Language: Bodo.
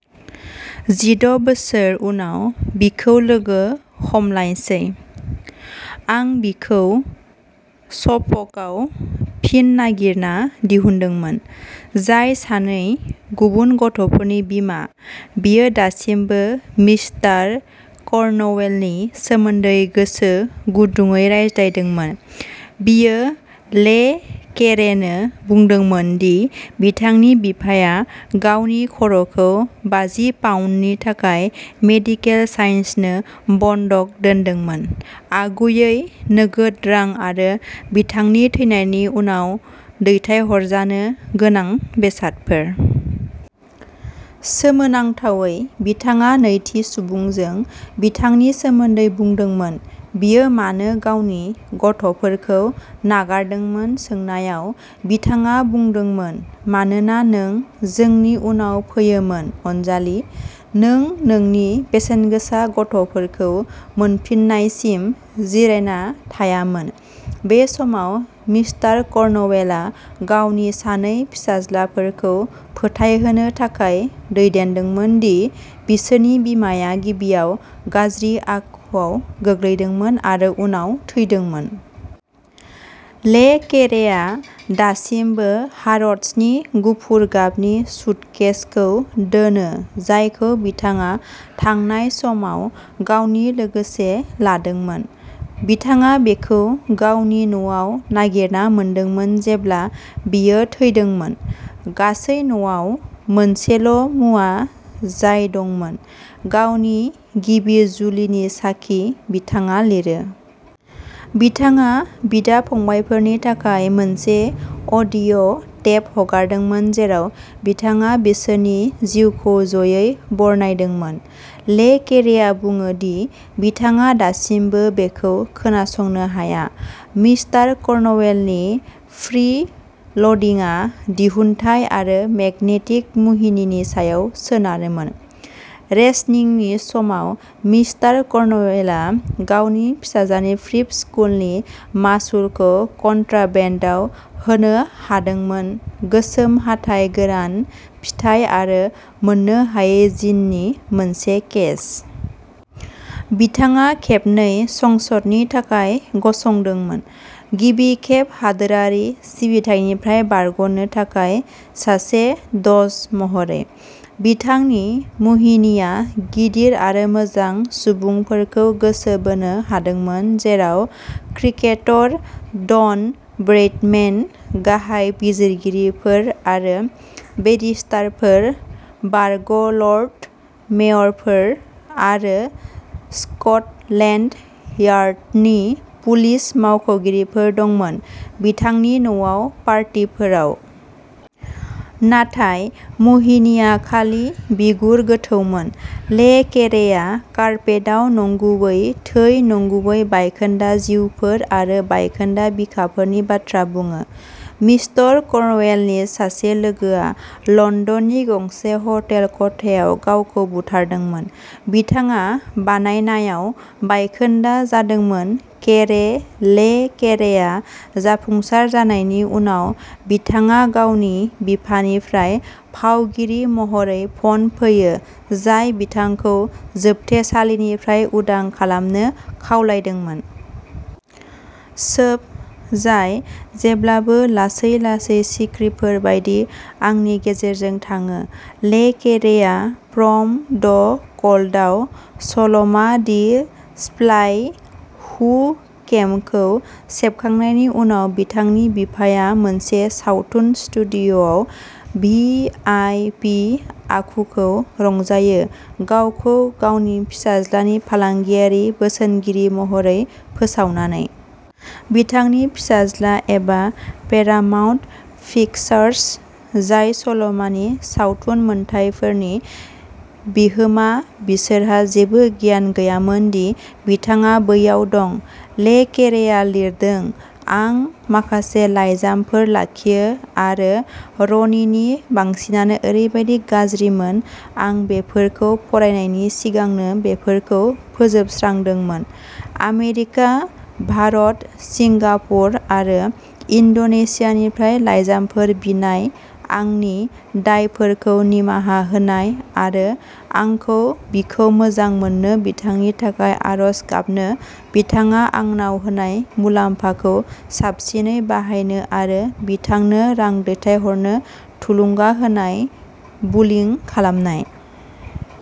जिद' बोसोर उनाव बिखौ लोगो हमलायसै। आं बिखौ सफ'कआव फिन नागिरना दिहुनदोंमोन जाय सानै गुबुन गथ'फोरनि बिमा बियो दासिमबो मिस्टार कर्नवेलनि सोमोन्दै गोसो गुदुंयै रायज्लायदोंमोन। बियो ले केरेनो बुंदोंमोन दि बिथांनि बिफाया गावनि खर'खौ बाजि पाउन्दनि थाखाय मेडिकेल साइन्सनो बन्धक दोन्दोंमोन आगुयै नोगोद रां आरो बिथांनि थैनायनि उनाव दैथायहरजानो गोनां बेसादफोर। सोमोनांथावै बिथाङा नैथि सुबुंजों बिथांनि सोमोन्दै बुंदोंमोन। बियो मानो गावनि गथ'फोरखौ नागारदोंमोन सोंनायाव बिथाङा बुंदोंमोन मानोना नों जोंनि उनाव फैयोमोन अनजालि। नों नोंनि बेसेनगोसा गथ'फोरखौ मोनफिन्नायसिम जिरायना थायामोन। बे समाव मिस्टार कर्नवेलआ गावनि सानै फिसाज्लाफोरखौ फोथायहोनो थाखाय दैदेनदोंमोन दि बिसोरनि बिमाया गिबियाव गाज्रि आखुआव गोग्लैदोंमोन आरो उनाव थैदोंमोन। ले केरेआ दासिमबो हार'ड्सनि गुफुर गाबनि सुटकेसखौ दोनो जायखौ बिथाङा थांनाय समाव गावनि लोगोसे लादोंमोन। बिथाङा बेखौ गावनि न'आव नागिरना मोनदोंमोन जेब्ला बियो थैदोंमोन। गासै न'आव मोनसेल'मुवा जाय दंमोन। गावनि गिबि जुलिनि साखि बिथाङा लिरो। बिथाङा बिदा फंबायफोरनि थाखाय मोनसे अडिअ'टेप हगारदोंमोन जेराव बिथाङा बिसोरनि जिउखौ ज'यै बरनायदोंमोन। ले केरेआ बुङो दि बिथाङा दासिमबो बेखौ खोनासंनो हाया। मिस्टार कर्नवेलनि फ्रील'डिंआ दिहुनथाइ आरो मेगनेटिक मुहिनिनि सायाव सोनारोमोन। रेशनिंनि समाव मिस्टार कर्नवेलआ गावनि फिसाज्लानि प्रिप स्कूलनि मासुलखौ कन्ट्राबेन्डआव होनो हादोंमोन गोसोम हाथाइ गोरान फिथाइ आरो मोननो हायै जिननि मोनसे केस। बिथाङा खेबनै संसदनि थाखाय गसंदोंमोन गिबि खेब हादोरारि सिबिथाइनिफ्राय बारग'नो थाखाय सासे द'ज महरै। बिथांनि मुहिनिआ गिदिर आरो मोजां सुबुंफोरखौ गोसो बोनो हादोंमोन जेराव क्रिकेटर डन ब्रैडमेन गाहाय बिजिरगिरिफोर आरो बेरिस्टारफोर बारग'लर्ड मेयरफोर आरो स्क'टलेन्ड यार्डनि पुलिस मावख'गिरिफोर दंमोन बिथांनि न'आव पार्टीफोराव। नाथाय मुहिनिआ खालि बिगुर गोथौमोन। ले केरेया कार्पेटआव नंगुबै थै नंगुबै बायखोन्दा जिउफोर आरो बायखोन्दा बिखाफोर नि बाथ्रा बुङो। मिस्टर कर्नवेलनि सासे लोगोआ लन्दननि गंसे हटेल खथायाव गावखौ बुथारदोंमोन। बिथाङा बानायनायाव बायखोन्दा जादोंमोन केरे ले केरेआ जाफुंसार जानायनि उनाव बिथाङा गावनि बिफानिफ्राय फावगिरि महरै फन फैयो जाय बिथांखौ जोबथेसालिनिफ्राय उदां खालामनो खावलायदोंमोन। सोब जाय जेब्लाबो लासै लासै सिख्रिफोर बायदि आंनि गेजेरजों थाङो। ले केरेआ फ्रम द क'ल्डआव सल'मा दि स्पालाइ हु केमखौ सेबखांनायनि उनाव बिथांनि बिफाया मोनसे सावथुन स्टुडिय'आव भि आइ पि आखुखौ रंजायो गावखौ गावनि फिसाज्लानि फालांगियारि बोसोनगिरि महरै फोसावनानै। बिथांनि फिसाज्ला एबा पेरामाउन्ट पिक्चार्स जाय सल'मानि सावथुन मोनथायफोरनि बिगोमा बिसोरहा जेबो गियान गैयामोन दि बिथाङा बैयाव दं। ले केरेआ लिरदों आं माखासे लाइजामफोर लाखियो आरो र'नीनि बांसिनानो ओरैबादि गाज्रिमोन आं बेफोरखौ फरायनायनि सिगांनो बेफोरखौ फोजोबस्रांदोंमोन आमेरिका भारत सिंगापुर आरो इन्ड'नेसियानिफ्राय लाइजामफोर बिनाय आंनि दायफोरखौ निमाहा होनाय आरो आंखौ बिखौ मोजां मोननो बिथांनि थाखाय आरज गाबनो बिथाङा आंनाव होनाय मुलाम्फाखौ साबसिनै बाहायनो आरो बिथांनो रां दैथायहरनो थुलुंगा होनाय बुलिं खालामनाय।